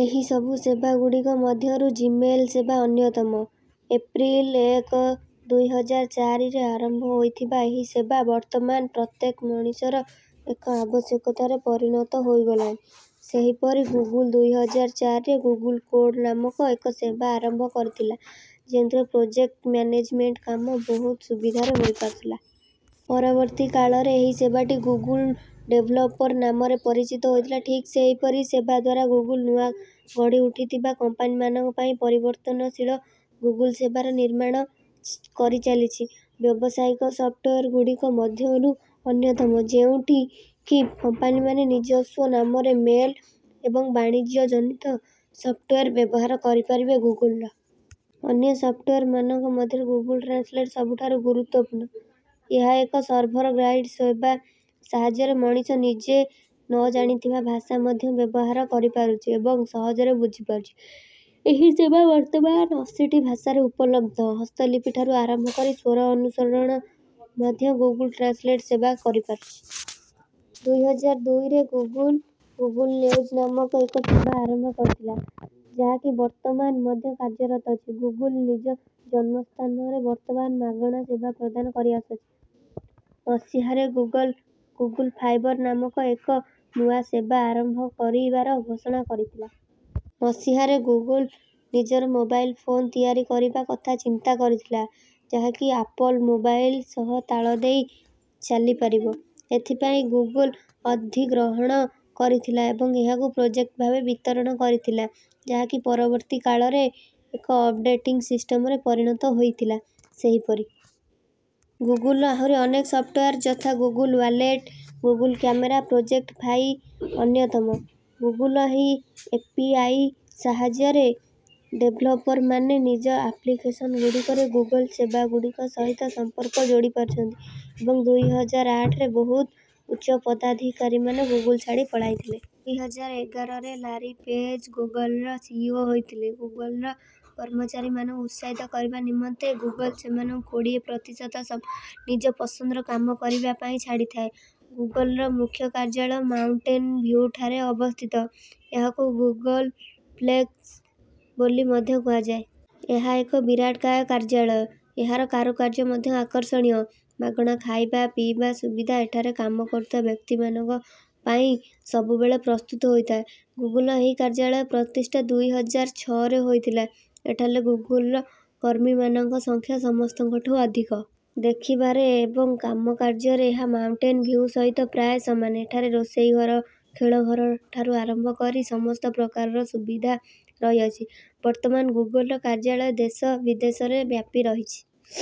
ଏହିସବୁ ସେବାଗୁଡ଼ିକ ମଧ୍ୟରୁ ଜିମେଲ୍ ସେବା ଅନ୍ୟତମ। ଏପ୍ରିଲ ଏକ, ଦୁଇ ହଜାର ଚାରିରେ ଆରମ୍ଭ ହୋଇଥିବା ଏହି ସେବା ବର୍ତ୍ତମାନ ପ୍ରତ୍ୟେକ ମଣିଷର ଏକ ଆବଶ୍ୟକତାରେ ପରିଣତ ହୋଇଗଲାଣି। ସେହିପରି ଗୁଗଲ ଦୁଇ ହଜାର ଚାରିରେ 'ଗୁଗଲ କୋଡ଼' ନାମକ ଏକ ସେବା ଆରମ୍ଭ କରିଥିଲା, ଯେଉଁଥିରେ ପ୍ରୋଜେକ୍ଟ ମ୍ୟାନେଜମେଣ୍ଟର କାମ ବହୁତ ସୁବିଧାରେ ହୋଇପାରୁଥିଲା। ପରବର୍ତ୍ତୀ କାଳରେ ଏହି ସେବାଟି 'ଗୁଗଲ ଡେଭଲପର' ନାମରେ ପରିଚିତ ହୋଇଥିଲା। ଠିକ୍ ସେହିପରି ସେବା ଦ୍ୱାରା ଗୁଗଲ ନୂଆ ଗଢ଼ିଉଠିଥିବା କମ୍ପାନୀମାନଙ୍କ ପାଇଁ ପରିବର୍ତ୍ତନଶୀଳ ଗୁଗଲ ସେବାର ନିର୍ମାଣ କରିଚାଲିଛି। ବ୍ୟବସାୟିକ ସଫ୍ଟୱେର୍‌ଗୁଡ଼ିକ ମଧ୍ୟରୁ ଅନ୍ୟତମ, ଯେଉଁଠି କି କମ୍ପାନୀମାନେ ନିଜସ୍ୱ ନାମରେ ମେଲ୍ ଏବଂ ବାଣିଜ୍ୟଜନିତ ସଫ୍ଟୱେର୍ ବ୍ୟବହାର କରିପାରିବେ। ଗୁଗଲର ଅନ୍ୟ ସଫ୍ଟୱେର୍‌ମାନଙ୍କ ମଧ୍ୟରେ ଗୁଗଲ ଟ୍ରାନ୍ସଲେଟ୍ ସବୁଠାରୁ ଗୁରୁତ୍ୱପୂର୍ଣ୍ଣ। ଏହା ଏକ ସର୍ଭର ସାଇଡ୍ ସେବା ସାହାଯ୍ୟରେ ମଣିଷ ନିଜେ ନ ଜାଣିଥିବା ଭାଷା ମଧ୍ୟ ବ୍ୟବହାର କରିପାରୁଛି ଏବଂ ସହଜରେ ବୁଝିପାରୁଛି। ଏହି ସେବା ବର୍ତ୍ତମାନ ଅଶୀଟି ଭାଷାରେ ଉପଲବ୍ଧ। ହସ୍ତଲିପିଠାରୁ ଆରମ୍ଭ କରି ସ୍ୱର ଅନୁସରଣ ମଧ୍ୟ ଗୁଗଲ ଟ୍ରାନ୍ସଲେଟ୍ ସେବା କରିପାରୁଛି। ଦୁଇ ହଜାର ଦୁଇରେ ଗୁଗଲ, 'ଗୁଗଲ ନ୍ୟୁଜ୍' ନାମକ ଏକ ସେବା ଆରମ୍ଭ କରିଥିଲା, ଯାହାକି ବର୍ତ୍ତମାନ ମଧ୍ୟ କାର୍ଯ୍ୟରତ ଅଛି। ଗୁଗଲ ନିଜ ଜନ୍ମସ୍ଥାନରେ ବର୍ତ୍ତମାନ ମାଗଣା ସେବା ପ୍ରଦାନ କରିଆସୁଛି। ମସିହାରେ ଗୁଗଲ, 'ଗୁଗଲ ଫାଇବର୍' ନାମକ ଏକ ନୂଆ ସେବା ଆରମ୍ଭ କରିବାର ଘୋଷଣା କରିଥିଲା। ମସିହାରେ ଗୁଗଲ ନିଜର ମୋବାଇଲ୍ ଫୋନ୍ ତିଆରି କରିବା କଥା ଚିନ୍ତା କରିଥିଲା, ଯାହାକି ଆପଲ୍ ମୋବାଇଲ୍ ସହ ତାଳ ଦେଇ ଚାଲିପାରିବ। ଏଥିପାଇଁ ଗୁଗଲ ଅଧିଗ୍ରହଣ କରିଥିଲା ଏବଂ ଏହାକୁ ପ୍ରୋଜେକ୍ଟ ଭାବେ ବିତରଣ କରିଥିଲା, ଯାହାକି ପରବର୍ତ୍ତୀ କାଳରେ ଏକ ଅପରେଟିଂ ସିଷ୍ଟମ୍‌ରେ ପରିଣତ ହୋଇଥିଲା। ସେହିପରି ଗୁଗଲର ଆହୁରି ଅନେକ ସଫ୍ଟୱେର୍ ଯଥା: Google Wallet, Google Camera, Project Fi ଅନ୍ୟତମ। ଗୁଗଲର ଏହି ଏପିଆଇ ସାହାଯ୍ୟରେ ଡେଭେଲପରମାନେ ନିଜର ଆପ୍ଲିକେସନ୍‌ଗୁଡ଼ିକରେ ଗୁଗଲ ସେବାଗୁଡ଼ିକ ସହିତ ସମ୍ପର୍କ ଯୋଡ଼ିପାରୁଛନ୍ତି। ଏବଂ ଦୁଇ ହଜାର ଆଠରେ ବହୁତ ଉଚ୍ଚପଦାଧିକାରୀମାନେ ଗୁଗଲ ଛାଡ଼ି ପଳାଇଥିଲେ। ଦୁଇ ହଜାର ଏଗାରରେ ଲାରୀ ପେଜ୍ ଗୁଗଲର ସିଇଓ ହୋଇଥିଲେ। ଗୁଗଲର କର୍ମଚାରୀମାନଙ୍କୁ ଉତ୍ସାହିତ କରିବା ନିମନ୍ତେ ଗୁଗଲ ସେମାନଙ୍କୁ କୋଡ଼ିଏ ପ୍ରତିଶତ ସମୟ ନିଜ ପସନ୍ଦର କାମ କରିବା ପାଇଁ ଛାଡ଼ିଥାଏ। ଗୁଗଲର ମୁଖ୍ୟ କାର୍ଯ୍ୟାଳୟ ମାଉଣ୍ଟେନ୍ ଭିଉଠାରେ ଅବସ୍ଥିତ। ଏହାକୁ 'ଗୁଗଲପ୍ଲେକ୍ସ' ବୋଲି ମଧ୍ୟ କୁହାଯାଏ। ଏହା ଏକ ବିରାଟକାୟ କାର୍ଯ୍ୟାଳୟ। ଏହାର କାରୁକାର୍ଯ୍ୟ ମଧ୍ୟ ଆକର୍ଷଣୀୟ। ମାଗଣା ଖାଇବା ପିଇବା ସୁବିଧା ଏଠାରେ କାମ କରୁଥିବା ବ୍ୟକ୍ତିମାନଙ୍କ ପାଇଁ ସବୁବେଳେ ପ୍ରସ୍ତୁତ ହୋଇଥାଏ। ଗୁଗଲର ଏହି କାର୍ଯ୍ୟାଳୟ ପ୍ରତିଷ୍ଠା ଦୁଇ ହଜାର ଛଅରେ ହୋଇଥିଲା। ଏଠାରେ ଗୁଗଲର କର୍ମୀମାନଙ୍କ ସଂଖ୍ୟା ସମସ୍ତଙ୍କଠୁଁ ଅଧିକ। ଦେଖିବାରେ ଏବଂ କାମକାର୍ଯ୍ୟରେ ଏହା ମାଉଣ୍ଟେନ୍ ଭିଉ ସହିତ ପ୍ରାୟ ସମାନ। ଏଠାରେ ରୋଷେଇ ଘର, ଖେଳ ଘରଠାରୁ ଆରମ୍ଭ କରି ସମସ୍ତ ପ୍ରକାରର ସୁବିଧା ରହିଅଛି। ବର୍ତ୍ତମାନ ଗୁଗଲର କାର୍ଯ୍ୟାଳୟ ଦେଶ ବିଦେଶରେ ବ୍ୟାପି ରହିଛି।